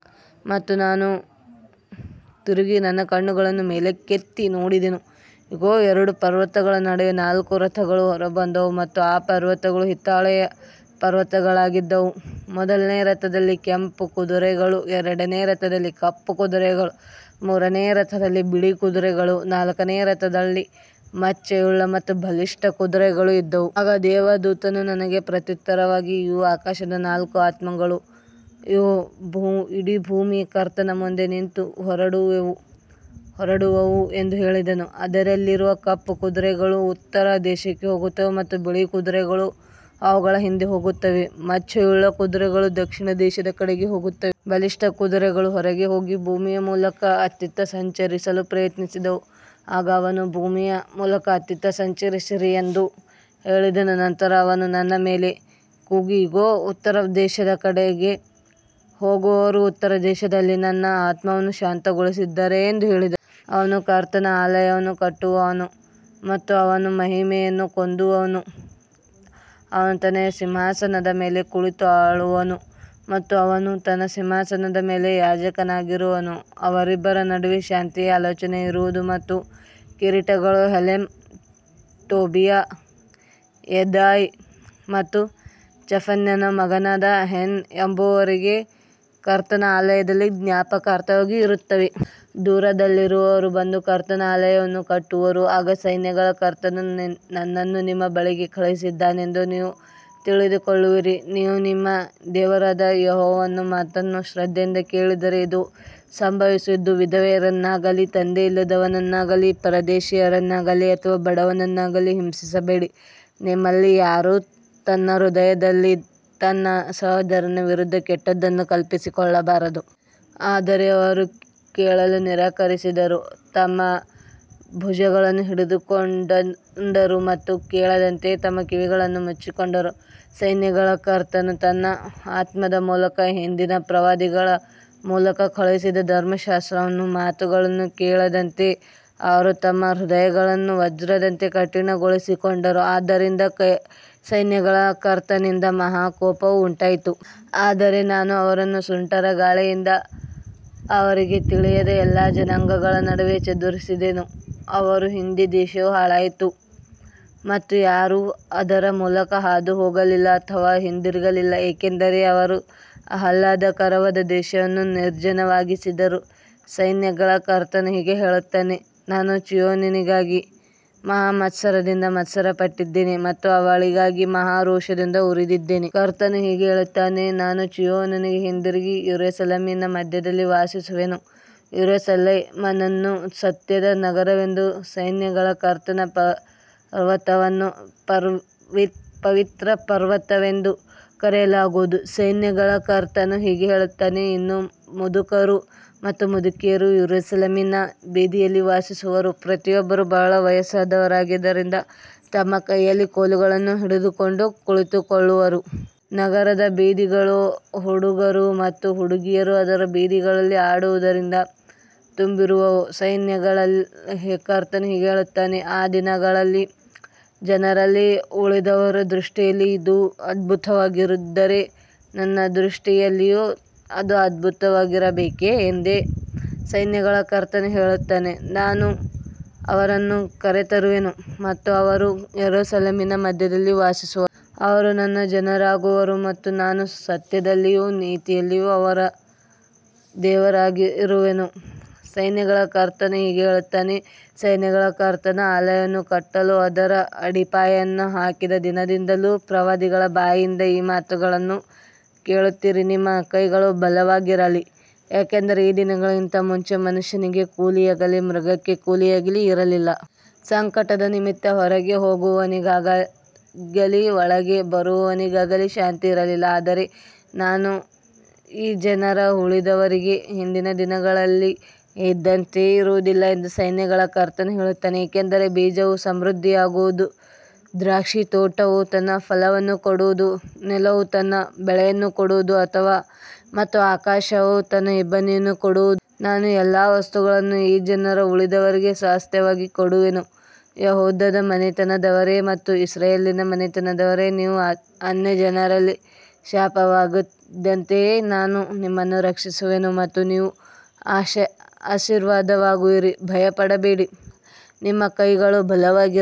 ಮತ್ತು ನಾನು ತಿರುಗಿ ನನ್ನ ಕಣ್ಣುಗಳನ್ನು ಮೇಲಕ್ಕೆತ್ತಿ ನೋಡಿದೆನು. ಇಗೋ, ಎರಡು ಪರ್ವತಗಳ ನಡುವೆ ನಾಲ್ಕು ರಥಗಳು ಹೊರಬಂದವು ಮತ್ತು ಆ ಪರ್ವತಗಳು ಹಿತ್ತಾಳೆಯ ಪರ್ವತಗಳಾಗಿದ್ದವು. ಮೊದಲನೆಯ ರಥದಲ್ಲಿ ಕೆಂಪು ಕುದುರೆಗಳೂ, ಎರಡನೆಯ ರಥದಲ್ಲಿ ಕಪ್ಪು ಕುದುರೆಗಳೂ, ಮೂರನೆಯ ರಥದಲ್ಲಿ ಬಿಳಿ ಕುದುರೆಗಳೂ, ನಾಲ್ಕನೆಯ ರಥದಲ್ಲಿ ಮಚ್ಚೆಯುಳ್ಳ ಮತ್ತು ಬಲಿಷ್ಠ ಕುದುರೆಗಳೂ ಇದ್ದವು. ಆಗ ದೇವದೂತನು ನನಗೆ ಪ್ರತ್ಯುತ್ತರವಾಗಿ, ಇವು ಆಕಾಶದ ನಾಲ್ಕು ಆತ್ಮಗಳು, ಇವು ಇಡೀ ಭೂಮಿಯ ಕರ್ತನ ಮುಂದೆ ನಿಂತು ಹೊರಡುವವು ಎಂದು ಹೇಳಿದನು. ಅದರಲ್ಲಿರುವ ಕಪ್ಪು ಕುದುರೆಗಳು ಉತ್ತರ ದೇಶಕ್ಕೆ ಹೋಗುತ್ತವೆ ಮತ್ತು ಬಿಳಿ ಕುದುರೆಗಳು ಅವುಗಳ ಹಿಂದೆ ಹೋಗುತ್ತವೆ. ಮಚ್ಚೆಯುಳ್ಳ ಕುದುರೆಗಳು ದಕ್ಷಿಣ ದೇಶದ ಕಡೆಗೆ ಹೋಗುತ್ತವೆ. ಬಲಿಷ್ಠ ಕುದುರೆಗಳು ಹೊರಗೆ ಹೋಗಿ ಭೂಮಿಯ ಮೂಲಕ ಅತ್ತಿತ್ತ ಸಂಚರಿಸಲು ಪ್ರಯತ್ನಿಸಿದವು. ಆಗ ಅವನು, ಭೂಮಿಯ ಮೂಲಕ ಅತ್ತಿತ್ತ ಸಂಚರಿಸಿರಿ ಎಂದು ಹೇಳಿದನು. ನಂತರ ಅವನು ನನ್ನ ಮೇಲೆ ಕೂಗಿ, ಇಗೋ, ಉತ್ತರ ದೇಶದ ಕಡೆಗೆ ಹೋಗುವವರು ಉತ್ತರ ದೇಶದಲ್ಲಿ ನನ್ನ ಆತ್ಮವನ್ನು ಶಾಂತಗೊಳಿಸಿದ್ದಾರೆ ಎಂದು ಹೇಳಿದನು. ಅವನು ಕರ್ತನ ಆಲಯವನ್ನು ಕಟ್ಟುವನು ಮತ್ತು ಅವನು ಮಹಿಮೆಯನ್ನು ಹೊಂದುವನು. ಅವನು ತನ್ನ ಸಿಂಹಾಸನದ ಮೇಲೆ ಕುಳಿತು ಆಳುವನು ಮತ್ತು ಅವನು ತನ್ನ ಸಿಂಹಾಸನದ ಮೇಲೆ ಯಾಜಕನಾಗಿರುವನು. ಅವರಿಬ್ಬರ ನಡುವೆ ಶಾಂತಿಯ ಆಲೋಚನೆ ಇರುವುದು. ಮತ್ತು ಕಿರೀಟಗಳು ಹೆಲೆಮ್, ಟೋಬೀಯ, ಯೆದಾಯ ಮತ್ತು ಚೆಫನ್ಯನ ಮಗನಾದ ಹೆನ್ ಎಂಬುವರಿಗೆ ಕರ್ತನ ಆಲಯದಲ್ಲಿ ಜ್ಞಾಪಕಾರ್ಥವಾಗಿ ಇರುತ್ತವೆ. ದೂರದಲ್ಲಿರುವವರು ಬಂದು ಕರ್ತನ ಆಲಯವನ್ನು ಕಟ್ಟುವರು. ಆಗ ಸೈನ್ಯಗಳ ಕರ್ತನು ನನ್ನನ್ನು ನಿಮ್ಮ ಬಳಿಗೆ ಕಳುಹಿಸಿದ್ದಾನೆಂದು ನೀವು ತಿಳಿದುಕೊಳ್ಳುವಿರಿ. ನೀವು ನಿಮ್ಮ ದೇವರಾದ ಯೆಹೋವನ ಮಾತನ್ನು ಶ್ರದ್ಧೆಯಿಂದ ಕೇಳಿದರೆ ಇದು ಸಂಭವಿಸುವುದು. ವಿಧವೆಯನ್ನಾಗಲಿ, ತಂದೆಯಿಲ್ಲದವನನ್ನಾಗಲಿ, ಪರದೇಶಿಯನ್ನಾಗಲಿ ಅಥವಾ ಬಡವನನ್ನಾಗಲಿ ಹಿಂಸಿಸಬೇಡಿ. ನಿಮ್ಮಲ್ಲಿ ಯಾರೂ ತನ್ನ ಹೃದಯದಲ್ಲಿ ತನ್ನ ಸಹೋದರನ ವಿರುದ್ಧ ಕೆಟ್ಟದ್ದನ್ನು ಕಲ್ಪಿಸಿಕೊಳ್ಳಬಾರದು. ಆದರೆ ಅವರು ಕೇಳಲು ನಿರಾಕರಿಸಿದರು ಮತ್ತು ತಮ್ಮ ಭುಜಗಳನ್ನು ಹಿಂಡಿಕೊಂಡರು ಮತ್ತು ಕೇಳದಂತೆ ತಮ್ಮ ಕಿವಿಗಳನ್ನು ಮುಚ್ಚಿಕೊಂಡರು. ಸೈನ್ಯಗಳ ಕರ್ತನು ತನ್ನ ಆತ್ಮದ ಮೂಲಕ ಹಿಂದಿನ ಪ್ರವಾದಿಗಳ ಮೂಲಕ ಕಳುಹಿಸಿದ ಧರ್ಮಶಾಸ್ತ್ರವನ್ನೂ ಮಾತುಗಳನ್ನೂ ಕೇಳದಂತೆ ಅವರು ತಮ್ಮ ಹೃದಯಗಳನ್ನು ವಜ್ರದಂತೆ ಕಠಿಣಗೊಳಿಸಿಕೊಂಡರು. ಆದ್ದರಿಂದ ಸೈನ್ಯಗಳ ಕರ್ತನಿಂದ ಮಹಾ ಕೋಪವು ಉಂಟಾಯಿತು. ಆದರೆ ನಾನು ಅವರನ್ನು ಸುಂಟರಗಾಳಿಯಿಂದ ಅವರಿಗೆ ತಿಳಿಯದ ಎಲ್ಲಾ ಜನಾಂಗಗಳ ನಡುವೆ ಚದುರಿಸಿದೆನು. ಅವರ ಹಿಂದೆ ದೇಶವು ಹಾಳಾಯಿತು ಮತ್ತು ಯಾರೂ ಅದರ ಮೂಲಕ ಹಾದುಹೋಗಲಿಲ್ಲ ಅಥವಾ ಹಿಂದಿರುಗಲಿಲ್ಲ. ಏಕೆಂದರೆ ಅವರು ಆಹ್ಲಾದಕರವಾದ ದೇಶವನ್ನು ನಿರ್ಜನವಾಗಿಸಿದರು. ಸೈನ್ಯಗಳ ಕರ್ತನು ಹೀಗೆ ಹೇಳುತ್ತಾನೆ, ನಾನು ಚೀಯೋನಿಗಾಗಿ ಮಹಾ ಮತ್ಸರದಿಂದ ಮತ್ಸರಪಟ್ಟಿದ್ದೇನೆ ಮತ್ತು ಅವಳಿಗಾಗಿ ಮಹಾ ರೋಷದಿಂದ ಉರಿದಿದ್ದೇನೆ. ಕರ್ತನು ಹೀಗೆ ಹೇಳುತ್ತಾನೆ, ನಾನು ಚೀಯೋನಿಗೆ ಹಿಂದಿರುಗಿ ಯೆರೂಸಲೇಮಿನ ಮಧ್ಯದಲ್ಲಿ ವಾಸಿಸುವೆನು. ಯೆರೂಸಲೇಮನ್ನು ಸತ್ಯದ ನಗರವೆಂದೂ ಸೈನ್ಯಗಳ ಕರ್ತನ ಪರ್ವತವನ್ನು ಪವಿತ್ರ ಪರ್ವತವೆಂದೂ ಕರೆಯಲಾಗುವುದು. ಸೈನ್ಯಗಳ ಕರ್ತನು ಹೀಗೆ ಹೇಳುತ್ತಾನೆ, ಇನ್ನೂ ಮುದುಕರು ಮತ್ತು ಮುದುಕಿಯರು ಯೆರೂಸಲೇಮಿನ ಬೀದಿಗಳಲ್ಲಿ ವಾಸಿಸುವರು. ಪ್ರತಿಯೊಬ್ಬರೂ ಬಹಳ ವಯಸ್ಸಾದವರಾಗಿರುವುದರಿಂದ ತಮ್ಮ ಕೈಯಲ್ಲಿ ಕೋಲುಗಳನ್ನು ಹಿಡಿದುಕೊಂಡು ಕುಳಿತುಕೊಳ್ಳುವರು. ನಗರದ ಬೀದಿಗಳು ಹುಡುಗರು ಮತ್ತು ಹುಡುಗಿಯರು ಅದರ ಬೀದಿಗಳಲ್ಲಿ ಆಡುವುದರಿಂದ ತುಂಬಿರುವವು. ಸೈನ್ಯಗಳ ಕರ್ತನು ಹೀಗೆ ಹೇಳುತ್ತಾನೆ, ಈ ದಿನಗಳಲ್ಲಿ ಈ ಜನರಲ್ಲಿ ಉಳಿದವರ ದೃಷ್ಟಿಯಲ್ಲಿ ಇದು ಅದ್ಭುತವಾಗಿದ್ದರೆ, ನನ್ನ ದೃಷ್ಟಿಯಲ್ಲಿಯೂ ಅದು ಅದ್ಭುತವಾಗಿರಬೇಕೇ ಎಂದು ಸೈನ್ಯಗಳ ಕರ್ತನು ಹೇಳುತ್ತಾನೆ. ನಾನು ಅವರನ್ನು ಕರೆತರುವೆನು ಮತ್ತು ಅವರು ಯೆರೂಸಲೇಮಿನ ಮಧ್ಯದಲ್ಲಿ ವಾಸಿಸುವರು. ಅವರು ನನ್ನ ಜನರಾಗುವರು ಮತ್ತು ನಾನು ಸತ್ಯದಲ್ಲಿಯೂ ನೀತಿಯಲ್ಲಿಯೂ ಅವರ ದೇವರಾಗಿರುವೆನು. ಸೈನ್ಯಗಳ ಕರ್ತನು ಹೀಗೆ ಹೇಳುತ್ತಾನೆ, ಸೈನ್ಯಗಳ ಕರ್ತನ ಆಲಯವನ್ನು ಕಟ್ಟಲು ಅದರ ಅಡಿಪಾಯವನ್ನು ಹಾಕಿದ ದಿನದಿಂದಲೂ ಪ್ರವಾದಿಗಳ ಬಾಯಿಂದ ಈ ಮಾತುಗಳನ್ನು ಕೇಳುತ್ತಿರುವ ನಿಮ್ಮ ಕೈಗಳು ಬಲವಾಗಿರಲಿ. ಯಾಕಂದರೆ ಈ ದಿನಗಳಿಗಿಂತ ಮುಂಚೆ ಮನುಷ್ಯನಿಗೆ ಕೂಲಿಯಾಗಲಿ, ಮೃಗಕ್ಕೆ ಕೂಲಿಯಾಗಲಿ ಇರಲಿಲ್ಲ. ಸಂಕಟದ ನಿಮಿತ್ತ ಹೊರಗೆ ಹೋಗುವವನಿಗಾಗಲಿ ಒಳಗೆ ಬರುವವನಿಗಾಗಲಿ ಶಾಂತಿ ಇರಲಿಲ್ಲ. ಆದರೆ ಈಗ ನಾನು ಈ ಜನರ ಉಳಿದವರಿಗೆ ಹಿಂದಿನ ದಿನಗಳಲ್ಲಿ ಇದ್ದಂತೆಯೇ ಇರುವುದಿಲ್ಲ ಎಂದು ಸೈನ್ಯಗಳ ಕರ್ತನು ಹೇಳುತ್ತಾನೆ. ಏಕೆಂದರೆ ಬೀಜವು ಸಮೃದ್ಧಿಯಾಗುವುದು, ದ್ರಾಕ್ಷಿತೋಟವು ತನ್ನ ಫಲವನ್ನು ಕೊಡುವುದು, ನೆಲವು ತನ್ನ ಬೆಳೆಯನ್ನು ಕೊಡುವುದು ಮತ್ತು ಆಕಾಶವು ತನ್ನ ಇಬ್ಬನಿಯನ್ನು ಕೊಡುವುದು. ನಾನು ಈ ಎಲ್ಲಾ ವಸ್ತುಗಳನ್ನು ಈ ಜನರ ಉಳಿದವರಿಗೆ ಸ್ವಾಸ್ತ್ಯವಾಗಿ ಕೊಡುವೆನು. ಯೆಹೂದದ ಮನೆತನದವರೇ ಮತ್ತು ಇಸ್ರಾಯೇಲಿನ ಮನೆತನದವರೇ, ನೀವು ಅನ್ಯಜನರಲ್ಲಿ ಶಾಪವಾಗಿದ್ದಂತೆಯೇ ನಾನು ನಿಮ್ಮನ್ನು ರಕ್ಷಿಸುವೆನು ಮತ್ತು ನೀವು ಆಶೀರ್ವಾದವಾಗುವಿರಿ. ಭಯಪಡಬೇಡಿ, ನಿಮ್ಮ ಕೈಗಳು ಬಲವಾಗಿರಲಿ.